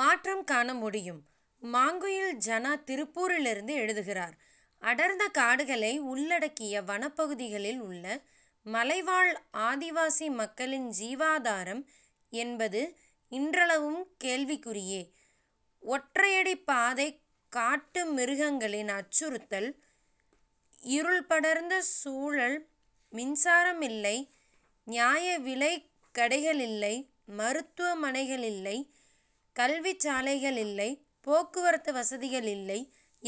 மாற்றம் காணமுடியும்! மாங்குயில் ஜனா திருப்பூரிலிருந்து எழுதுகிறார் அடர்ந்த காடுகளை உள்ளடக்கிய வனப்பகுதிகளில் உள்ள மலைவாழ் ஆதிவாசி மக்களின் ஜீவாதாரம் என்பது இன்றளவும் கேள்விக்குறியே. ஒற்றையடிப் பாதை காட்டு மிருகங்களின் அச்சுறுத்தல் இருள் படர்ந்த சூழல் மின்சாரமில்லை நியாயவிலைக் கடைகளில்லை மருத்துவ மனைகளில்லை கல்விச் சாலைகளில்லை போக்குவரத்து வசதிகளில்லை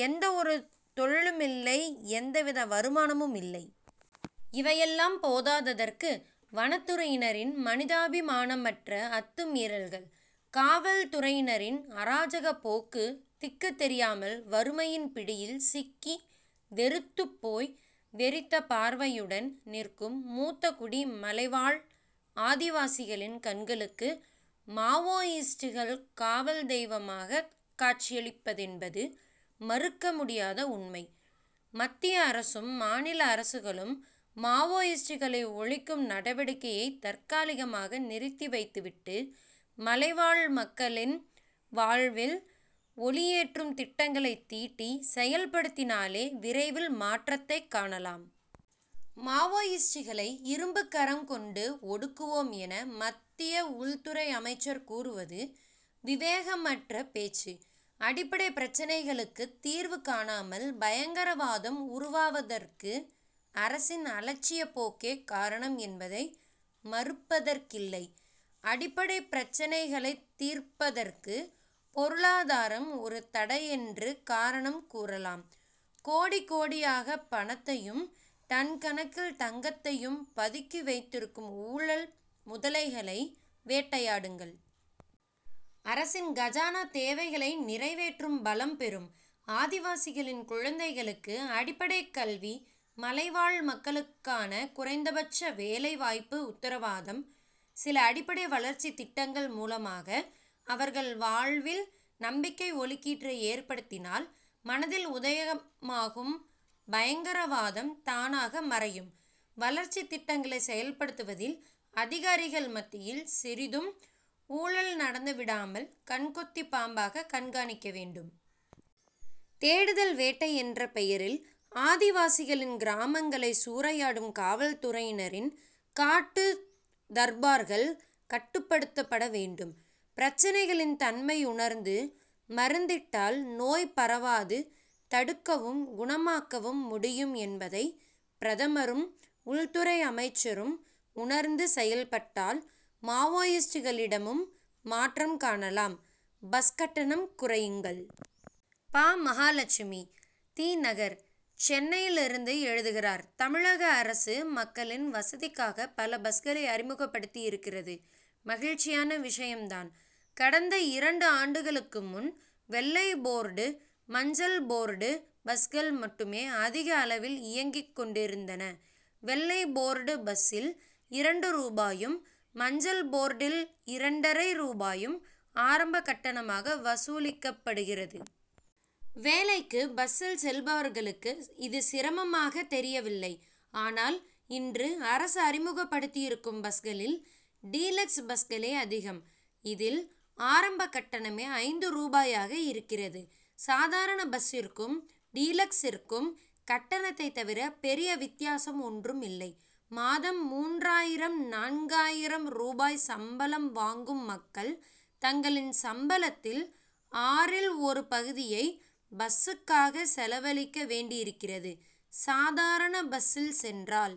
எந்த ஒரு தொழிலுமில்லை எந்தவித வருமானமும் இல்லை. இவையெல்லாம் போதாதற்கு வனத்துறையினரின் மனிதாபிமானமற்ற அத்துமீறல்கள். காவல்துறையினரின் அராஜகப் போக்கு திக்குத் தெரியாமல் வறுமையின் பிடியில் சிக்கி வெறுத்துப்போய் வெறித்த பார்வையுடன் நிற்கும் மூத்தகுடி மலைவாழ் ஆதிவாசிகளின் கண்களுக்கு மாவோயிஸ்ட்கள் காவல் தெய்வமாகக் காட்சியளிப்பதென்பது மறுக்க முடியாத உண்மை. மத்திய அரசும் மாநில அரசுகளும் மாவோயிஸ்டுகளை ஒழிக்கும் நடவடிக்கையைத் தற்காலிகமாக நிறுத்திவைத்துவிட்டு மலைவாழ் மக்களின் வாழ்வில் ஒளியேற்றும் திட்டங்களைத் தீட்டி செயல்படுத்தினாலே விரைவில் மாற்றத்தைக் காணலாம். மாவோயிஸ்டுகளை இரும்புக் கரம் கொண்டு ஒடுக்குவோம் என மத்திய உள்துறை அமைச்சர் கூறுவது விவேகமற்ற பேச்சு. அடிப்படை பிரச்னைகளுக்குத் தீர்வு காணாமல் பயங்கரவாதம் உருவாவதற்கு அரசின் அலட்சியப் போக்கே காரணம் என்பதை மறுப்பதற்கில்லை. அடிப்படைப் பிரச்னைகளைத் தீர்ப்பதற்கு பொருளாதாரம் ஒரு தடையென்று காரணம் கூறலாம். கோடி கோடியாகப் பணத்தையும் டன் கணக்கில் தங்கத்தையும் பதுக்கி வைத்திருக்கும் ஊழல் முதலைகளை வேட்டையாடுங்கள். அரசின் கஜானா தேவைகளை நிறைவேற்றும் பலம் பெறும். ஆதிவாசிகளின் குழந்தைகளுக்கு அடிப்படைக் கல்வி மலைவாழ் மக்களுக்கான குறைந்தபட்ச வேலை வாய்ப்பு உத்தரவாதம். சில அடிப்படை வளர்ச்சித் திட்டங்கள் மூலமாக அவர்கள் வாழ்வில் நம்பிக்கை ஒளிக்கீற்றை ஏற்படுத்தினால் மனதில் உதயமாகும் பயங்கரவாதம் தானாக மறையும். வளர்ச்சித் திட்டங்களை செயல்படுத்துவதில் அதிகாரிகள் மத்தியில் சிறிதும் ஊழல் நடந்துவிடாமல் கண் கொத்திப் பாம்பாகக் கண்காணிக்க வேண்டும். தேடுதல் வேட்டை என்ற பெயரில் ஆதிவாசிகளின் கிராமங்களை சூறையாடும் காவல் துறையினரின் காட்டு தர்பார்கள் கட்டுப்படுத்தப்பட வேண்டும். பிரச்னைகளின் தன்மையுணர்ந்து மருந்திட்டால் நோய் பரவாது தடுக்கவும் குணமாக்கவும் முடியும் என்பதைப் பிரதமரும் உள்துறை அமைச்சரும் உணர்ந்து செயல்பட்டால் மாவோயிஸ்டுகளிடமும் மாற்றம் காணலாம். பஸ் கட்டணம் குறையுங்கள்! பா. மகாலட்சுமி தி. நகர் சென்னையிலிருந்து எழுதுகிறார் தமிழக அரசு மக்களின் வசதிக்காக பல பஸ்களை அறிமுகப்படுத்தியிருக்கிறது மகிழ்ச்சியான விஷயம் தான். கடந்த இரண்டு ஆண்டுகளுக்கு முன் வெள்ளை போர்டு மஞ்சள் போர்டு பஸ்கள் மட்டுமே அதிக அளவில் இயங்கிக் கொண்டிருந்தன. வெள்ளை போர்டு பஸ்சில் இரண்டு ரூபாயும் மஞ்சள் போர்டில் இரண்டரை ரூபாயும் ஆரம்பக் கட்டணமாக வசூலிக்கப்படுகிறது. வேலைக்கு பஸ்சில் செல்பவர்களுக்கு இது சிரமமாக தெரியவில்லை. ஆனால் இன்று அரசு அறிமுகப்படுத்தியிருக்கும் பஸ்களில் டீலக்ஸ் பஸ்களே அதிகம். இதில் ஆரம்பக் கட்டணமே ஐந்து ரூபாயாக இருக்கிறது. சாதாரண பஸ்சிற்கும் டீலக்சிற்கும் கட்டணத்தை தவிர பெரிய வித்தியாசம் ஒன்றும் இல்லை. மாதம் மூன்றாயிரம் நான்காயிரம் ரூபாய் சம்பளம் வாங்கும் மக்கள் தங்களின் சம்பளத்தில் ஆறில் ஒரு பகுதியை பஸ்சுக்காக செலவழிக்க வேண்டியிருக்கிறது. சாதாரண பஸ்சில் சென்றால்